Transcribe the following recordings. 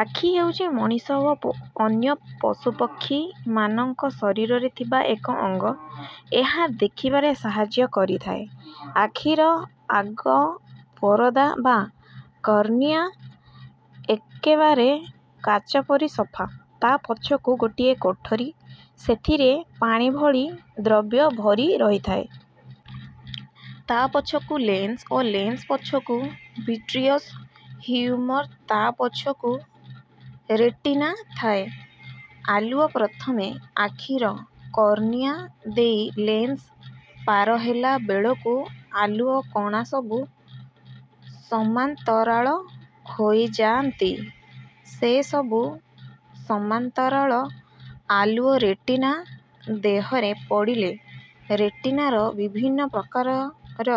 ଆଖି ହେଉଛି ମଣିଷ ଓ ଅନ୍ୟ ପଶୁପକ୍ଷୀମାନଙ୍କ ଶରୀରରେ ଥିବା ଏକ ଅଙ୍ଗ। ଏହା ଦେଖିବାରେ ସାହାଯ୍ୟ କରିଥାଏ। ଆଖିର ଆଗ ପରଦା ବା କର୍ନିଆ ଏକେବାରେ କାଚ ପରି ସଫା। ତା' ପଛକୁ ଗୋଟାଏ କୋଠରୀ। ସେଥିରେ ପାଣି ଭଳି ଦ୍ରବ୍ୟ ଭରି ରହିଥାଏ। ତା' ପଛକୁ ଲେନ୍ସ ଓ ଲେନ୍ସ ପଛକୁ ଭିଟ୍ରିୟସ୍ ହ୍ୟୁମର୍, ତା' ପଛକୁ ରେଟିନା ଥାଏ। ଆଲୁଅ ପ୍ରଥମେ ଆଖିର କର୍ନିଆ ଦେଇ ଲେନ୍ସ ପାର ହେଲା ବେଳକୁ ଆଲୁଅ କଣାସବୁ ସମାନ୍ତରାଳ ହୋଇଯାଆନ୍ତି। ସେସବୁ ସମାନ୍ତରାଳ ଆଲୁଅ ରେଟିନା ଦେହରେ ପଡ଼ିଲେ ରେଟିନାର ବିଭିନ୍ନ ପ୍ରକାରର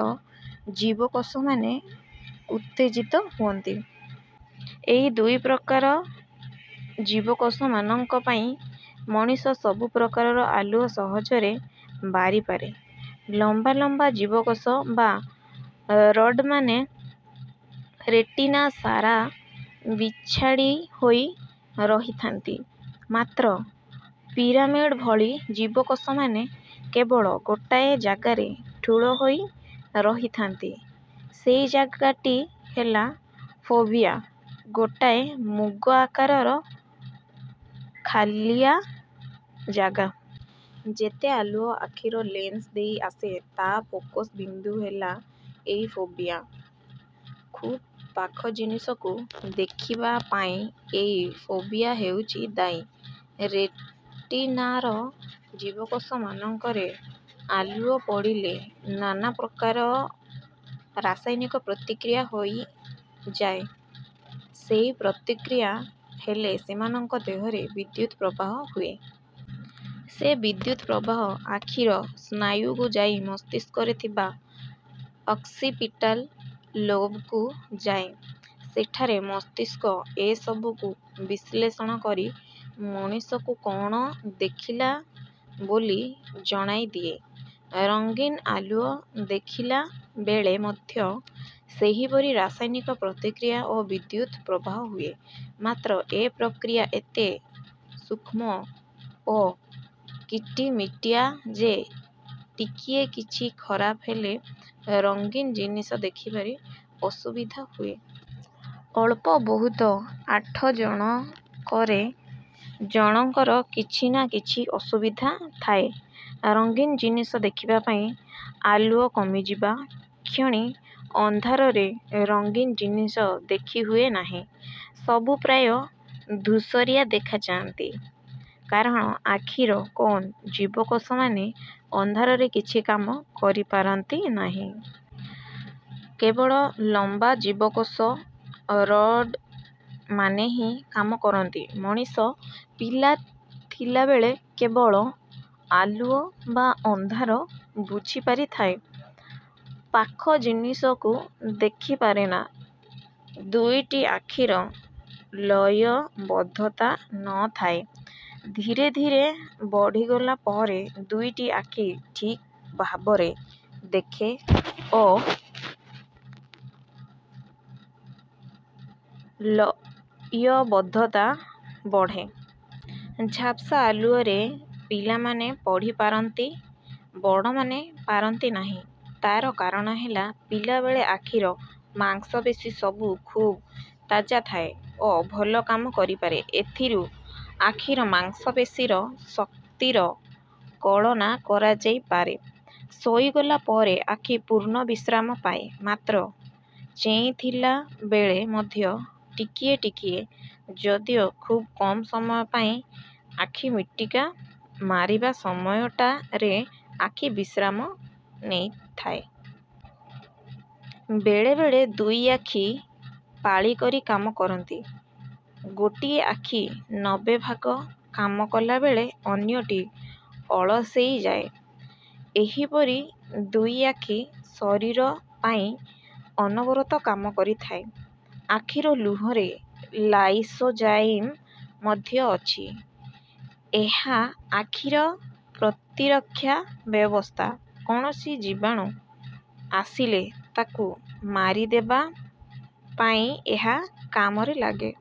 ଜୀବକୋଷମାନେ ଉତ୍ତେଜିତ ହୁଅନ୍ତି। ଏଇ ଦୁଇ ପ୍ରକାର ଜୀବକୋଷମାନଙ୍କ ପାଇଁ ମଣିଷ ସବୁ ପ୍ରକାରର ଆଲୁଅ ସହଜରେ ବାରିପାରେ। ଲମ୍ବା ଲମ୍ବା ଜୀବକୋଷ ବା ରଡ୍‌ମାନେ ରେଟିନା ସାରା ବିଛାଡ଼ିହୋଇ ରହିଥାନ୍ତି। ମାତ୍ର ପିରାମିଡ୍ ଭଳି ଜୀବକୋଷମାନେ କେବଳ ଗୋଟାଏ ଜାଗାରେ ଠୁଳ ହୋଇ ରହିଥାନ୍ତି। ସେଇ ଜାଗାଟି ହେଲା ଫୋଭିଆ ଗୋଟାଏ ମୁଗ ଆକାରର ଖାଲିଆ ଜାଗା। ଯେତେ ଆଲୁଅ ଆଖିର ଲେନ୍ସ ଦେଇ ଆସେ, ତା'ର ଫୋକସ୍ ବିନ୍ଦୁ ହେଲା ଏଇ ଫୋଭିଆ। ଖୁବ୍ ପାଖ ଜିନିଷକୁ ଦେଖିବା ପାଇଁ ଏଇ ଫୋଭିଆ ହେଉଛି ଦାୟୀ। ରେଟିନାର ଜୀବକୋଷମାନଙ୍କରେ ଆଲୁଅ ପଡ଼ିଲେ ନାନା ପ୍ରକାର ରାସାୟନିକ ପ୍ରତିକ୍ରିୟା ହୋଇଯାଏ। ସେଇ ପ୍ରତିକ୍ରିୟା ହେଲେ ସେମାନଙ୍କ ଦେହରେ ବିଦ୍ୟୁତ୍ ପ୍ରବାହ ହୁଏ। ସେ ବିଦ୍ୟୁତ୍ ପ୍ରବାହ ଆଖିର ସ୍ନାୟୁକୁ ଯାଇ ମସ୍ତିଷ୍କରେ ଥିବା ଅକ୍ସିପିଟାଲ୍ ଲୋବ୍‌କୁ ଯାଏ। ସେଠାରେ ମସ୍ତିଷ୍କ ଏସବୁକୁ ବିଶ୍ଳେଷଣ କରି ମଣିଷକୁ କ'ଣ ଦେଖିଲା ବୋଲି ଜଣାଇଦିଏ। ରଙ୍ଗୀନ ଆଲୁଅ ଦେଖିଲା ବେଳେ ମଧ୍ୟ ସେହିପରି ରାସାୟନିକ ପ୍ରତିକ୍ରିୟା ଓ ବିଦ୍ୟୁତ୍ ପ୍ରବାହ ହୁଏ। ମାତ୍ର ଏ ପ୍ରତିକ୍ରିୟା ଏତେ ସୂକ୍ଷ୍ମ ଓ କିଟିମିଟିଆ ଯେ, ଟିକିଏ କିଛି ଖରାପ ହେଲେ ରଙ୍ଗୀନ ଜିନିଷ ଦେଖିବାରେ ଅସୁବିଧା ହୁଏ। ଅଳ୍ପ ବହୁତ ଆଠ ଜଣକରେ ଜଣଙ୍କର କିଛି ନା କିଛି ଅସୁବିଧା ଥାଏ ରଙ୍ଗୀନ ଜିନିଷ ଦେଖିବା ପାଇଁ। ଆଲୁଅ କମିଯିବା କ୍ଷଣି ଅନ୍ଧାରରେ ରଙ୍ଗୀନ ଜିନିଷ ଦେଖିହୁଏ ନାହିଁ। ସବୁ ପ୍ରାୟ ଧୂସରିଆ ଦେଖାଯାଆନ୍ତି; କାରଣ ଆଖିର କୋନ୍ ଜୀବକୋଷମାନେ ଅନ୍ଧାରରେ କିଛି କାମ କରିପାରନ୍ତି ନାହିଁ। କେବଳ ଲମ୍ବା ଜୀବକୋଷ ରଡ୍‌ମାନେ ହିଁ କାମ କରନ୍ତି। ମଣିଷ ପିଲା ଥିଲା ବେଳେ କେବଳ ଆଲୁଅ ବା ଅନ୍ଧାର ବୁଝିପାରିଥାଏ। ପାଖ ଜିନିଷକୁ ଦେଖିପାରେନା। ଦୁଇଟି ଆଖିର ଲୟବଦ୍ଧତା ନ ଥାଏ। ଧୀରେ ଧୀରେ ବଢ଼ିଗଲା ପରେ ଦୁଇଟି ଆଖି ଠିକ୍ ଭାବରେ ଦେଖେ ଓ ଲୟବଦ୍ଧତା ବଢ଼େ। ଝାପ୍ସା ଆଲୁଅରେ ପିଲାମାନେ ପଢ଼ିପାରନ୍ତି, ବଡ଼ମାନେ ପାରନ୍ତି ନାହିଁ। ତା'ର କାରଣ ହେଲା, ପିଲାବେଳେ ଆଖିର ମାଂସପେଶୀ ସବୁ ଖୁବ୍ ତାଜା ଥାଏ ଓ ଭଲ କାମ କରିପାରେ। ଏଥିରୁ ଆଖିର ମାଂସପେଶୀର ଶକ୍ତିର କଳନା କରାଯାଇପାରେ। ଶୋଇଗଲା ପରେ ଆଖି ପୂର୍ଣ୍ଣ ବିଶ୍ରାମ ପାଏ। ମାତ୍ର ଚେଇଁଥିଲା ବେଳେ ମଧ୍ୟ ଟିକିଏ ଟିକିଏ ଯଦିଓ ଖୁବ୍ କମ୍ ସମୟ ପାଇଁ ଆଖି ମିଟିକା ମାରିବା ସମୟଟାରେ ଆଖି ବିଶ୍ରାମ ନେଇଥାଏ। ବେଳେବେଳେ ଦୁଇ ଆଖି ପାଳି କରି କାମ କରନ୍ତି। ଗୋଟିଏ ଆଖି ନବେ ଭାଗ କାମ କଲା ବେଳେ ଅନ୍ୟଟି ଅଳସେଇ ଯାଏ। ଏହିପରି ଦୁଇ ଆଖି ଶରୀର ପାଇଁ ଅନବରତ କାମ କରିଥାଏ। ଆଖିର ଲୁହରେ ଲାଇସୋଜାଇମ୍ ମଧ୍ୟ ଅଛି, ଏହା ଆଖିର ପ୍ରତିରକ୍ଷା ବ୍ୟବସ୍ଥା। କୌଣସି ଜୀବାଣୁ ଆସିଲେ ତାକୁ ମାରିଦେବା ପାଇଁ ଏହା କାମରେ ଲାଗେ।